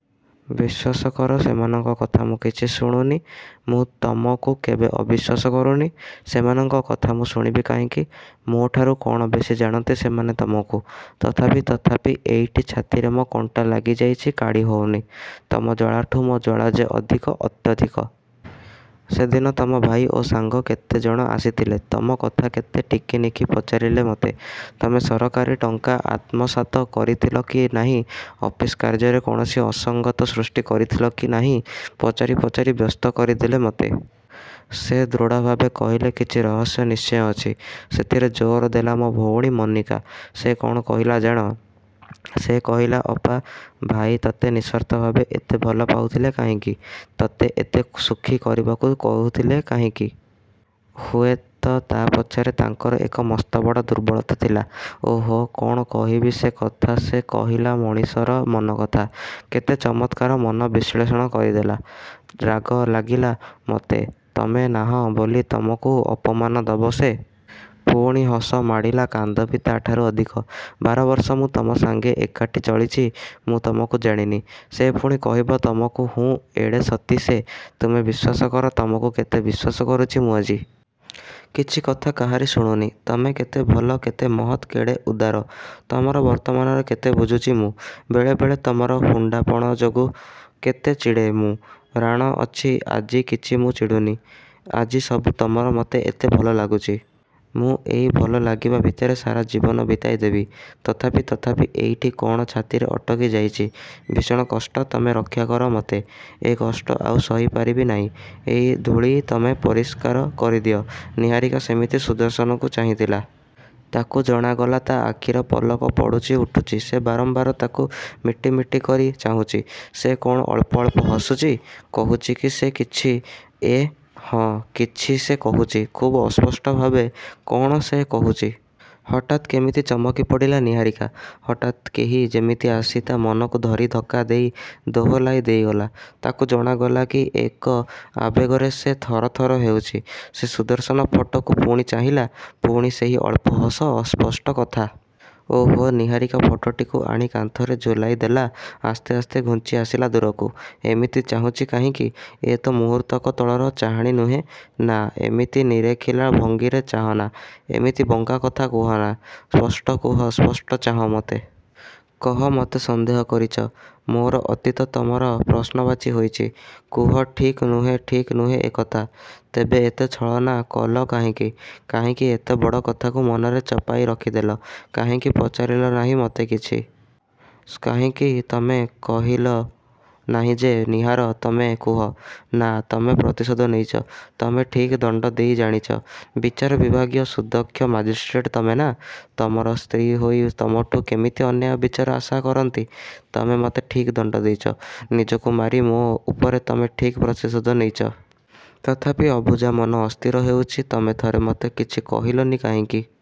"ବିଶ୍ଵାସ କର, ସେମାନଙ୍କ କଥା ମୁଁ କିଛି ଶୁଣୁନି, ମୁଁ ତମକୁ କେବେ ଅବିଶ୍ଵାସ କରୁନି। ସେମାନଙ୍କ କଥା ମୁଁ ଶୁଣିବି କାହିଁକି? ମୋ'ଠାରୁ କ'ଣ ବେଶି ଜାଣନ୍ତି ସେମାନେ ତମକୁ? ତଥାପି ତଥାପି ଏଇଠି ଛାତିରେ ମୋ' କଣ୍ଟା ଲାଗିଯାଇଚି, କାଢ଼ି ହଉନି। ତମ ଜ୍ଵାଳାଠୁ ମୋ' ଜ୍ଵାଳା ଯେ ଅଧିକ, ଅତ୍ୟଧିକ।" ସେଦିନ ତମ ଭାଇ ଓ ସାଙ୍ଗ କେତେ ଜଣ ଆସିଥିଲେ, ତମ କଥା କେତେ ଟିକି ନିଖି ପଚାରିଲେ ମତେ। ତମେ ସରକାରୀ ଟଙ୍କା ଆତ୍ମସାତ କରିଥିଲ କି ନାହିଁ, ଅଫିସ କାର୍ଯ୍ୟରେ କୌଣସି ଅସଂଗତି ସୃଷ୍ଟି କରିଥିଲ କି ନାହିଁ। ପଚାରି ପଚାରି ବ୍ୟସ୍ତ କରିଦେଲେ ମତେ। ସେ ଦୃଢ଼ଭାବେ କହିଲେ, କିଛି ରହସ୍ୟ ନିଶ୍ଚୟ ଅଛି। ସେଥିରେ ଜୋର ଦେଲା, ମୋ ଭଉଣୀ ମନିକା। ସେ କ'ଣ କହିଲା ଜାଣ? ସେ କହିଲା, ଅପା, ଭାଇ ତତେ ନିଃସ୍ଵାର୍ଥ ଭାବେ ଏତେ ଭଲପାଉଥିଲେ କାହିଁକି? ତତେ ଏତେ ସୁଖୀ କରିବାକୁ କହୁଥିଲେ କାହିଁକି? ହୁଏ ତ ତା' ପଛରେ ତାଙ୍କର ଏକ ମସ୍ତ ବଡ଼ ଦୁର୍ବଳତା ଥିଲା। ଓଃ କ'ଣ କହିବି ସେ କଥା ସେ କହିଲା ମଣିଷର ମନ କଥା। କେତେ ଚମତ୍କାର ମନ ବିଶ୍ଳେଷଣ କରିଦେଲା। ରାଗ ଲାଗିଲା ମତେ, ତମେ ନାହଁ ବୋଲି ତମକୁ ଅପମାନ ଦବ ସେ? ପୁଣି ହସ ମାଡ଼ିଲା କାନ୍ଦ ବି ତା' ଠାରୁ ଅଧିକ। ବାର ବର୍ଷ ମୁଁ ତମ ସାଙ୍ଗେ ଏକାଠି ଚଳିଚି, ମୁଁ ତମକୁ ଜାଣି ନି? ସେ ପୁଣି କହିବ ତମକୁ, "ହୁଁ, ଏଡ଼େ ସତୀ ସେ?" ତୁମେ ବିଶ୍ୱାସ କର, ତମକୁ କେତେ ବିଶ୍ୱାସ କରୁଚି ମୁଁ ଆଜି। କିଛି କଥା କାହାରି ଶୁଣୁନି। ତମେ କେତେ ଭଲ, କେତେ ମହତ୍, କେଡ଼େ ଉଦାର! ତମର ବର୍ତ୍ତମାନରେ କେତେ ବୁଝୁଚି ମୁଁ। ବେଳେ ବେଳେ ତମର ହୁଣ୍ଡାପଣ ଯୋଗୁଁ କେତେ ଚିଡ଼େ ମୁଁ। ରାଣ ଅଛି, ଆଜି କିଛି ମୁଁ ଚିଡ଼ୁନି। ଆଜି ସବୁ ତମର ମତେ ଏତେ ଭଲଲାଗୁଚି। ମୁଁ ଏଇ ଭଲ ଲାଗିବା ଭିତରେ ସାରା ଜୀବନ ବିତାଇ ଦେବି। ତଥାପି ତଥାପି ଏଇଠି କ'ଣ ଛାତିରେ ଅଟକି ଯାଇଚି। ଭୀଷଣ କଷ୍ଟ, ତମେ ରକ୍ଷାକର ମତେ। ଏ କଷ୍ଟ ଆଉ ସହି ପାରିବି ନାଇଁ। ଏ ଧୂଳି ତମେ ପରିଷ୍କାର କରିଦିଅ। ନିହାରିକା ସେମିତି ସୁଦର୍ଶନକୁ ଚାହିଁଥିଲା। ତାକୁ ଜଣାଗଲା, ତା' ଆଖିର ପଲକ ପଡ଼ୁଚି ଉଠୁଚି। ସେ ବାରମ୍ବାର ତାକୁ ମିଟି ମିଟି କରି ଚାହୁଁଚି। ସେ କ'ଣ ଅଳ୍ପ ଅଳ୍ପ ହସୁଚି? କହୁଚି କି ସେ କିଛି? ଏଁ, ହଁ, କିଛି ସେ କହୁଚି। ଖୁବ୍ ଅସ୍ପଷ୍ଟ ଭାବେ। କ'ଣ ସେ କହୁଚି? ହଠାତ୍ କେମିତି ଚମକି ପଡ଼ିଲା ନିହାରିକା। ହଠାତ୍ କେହି ଯେମିତି ଆସି ତା' ମନକୁ ଧରି ଧକ୍କା ଦେଇ ଦୋହଲାଇ ଦେଇଗଲା। ତାକୁ ଜଣାଗଲା କି ଏକ ଆବେଗରେ ସେ ଥର ଥର ହେଉଚି। ସେ ସୁଦର୍ଶନ ଫଟୋକୁ ପୁଣି ଚାହିଁଲା। ପୁଣି ସେହି ଅଳ୍ପ ହସ, ଅସ୍ପଷ୍ଟ କଥା। ଓଃ ନିହାରିକା ଫଟୋଟିକୁ ଆଣି କାନ୍ଥରେ ଝୁଲାଇ ଦେଲା। ଆସ୍ତେ ଆସ୍ତେ ଘୁଞ୍ଚିଆସିଲା ଦୂରକୁ। ଏମିତି ଚାହୁଁଚି କାହିଁକି? ଏ ତ ମୁହୂର୍ତ୍ତକ ତଳର ଚାହାଣୀ ନୁହେଁ। ନାଁ, ଏମିତି ନିରେଖିଲା ଭଙ୍ଗୀରେ ଚାହଁ ନା, ଏମିତି ବଙ୍କା କଥା କୁହନା, ସ୍ପଷ୍ଟ କୁହ, ସ୍ପଷ୍ଟ ଚାହଁ ମତେ। କହ, ମତେ ସନ୍ଦେହ କରିଚ? ମୋର ଅତୀତ ତମର ପ୍ରଶ୍ନବାଚୀ ହୋଇଚି? କୁହ ଠିକ୍ ନୁହେଁ, ଠିକ୍ ନୁହେଁ ଏ କଥା? ତେବେ ଏତେ ଛଳନା କଲ କାହିଁକି? କାହିଁକି ଏତେ ବଡ଼ କଥାକୁ ମନରେ ଚପାଇ ରଖିଦେଲ? କାହିଁକି ପଚାରିଲ ନାହିଁ ମତେ କିଛି? କାହିଁକି ତମେ କହିଲ ନାହିଁ ଯେ, ନିହାର, ତମେ କୁହ ନାଁ, ତମେ ପ୍ରତିଶୋଧ ନେଇଚ, ତମେ ଠିକ୍ ଦଣ୍ଡ ଦେଇ ଜାଣିଚ। ବିଚାର ବିଭାଗୀୟ ସୁଦକ୍ଷ ମାଜିଷ୍ଟ୍ରେଟ ତମେ ନା, ତମର ସ୍ତ୍ରୀ ହୋଇ ତମଠୁ କେମିତି ଅନ୍ୟାୟ ବିଚାର ଆଶା କରନ୍ତି? ତମେ ମତେ ଠିକ୍ ଦଣ୍ଡ ଦେଇଚ, ନିଜକୁ ମାରି ମୋ' ଉପରେ ତମେ ଠିକ୍ ପ୍ରତିଶୋଧ ନେଇଚ। ତଥାପି ଅବୁଝା ମନ ଅସ୍ଥିର ହେଉଚି, ତମେ ଥରେ ମତେ କିଛି କହିଲ ନି କାହିଁକି?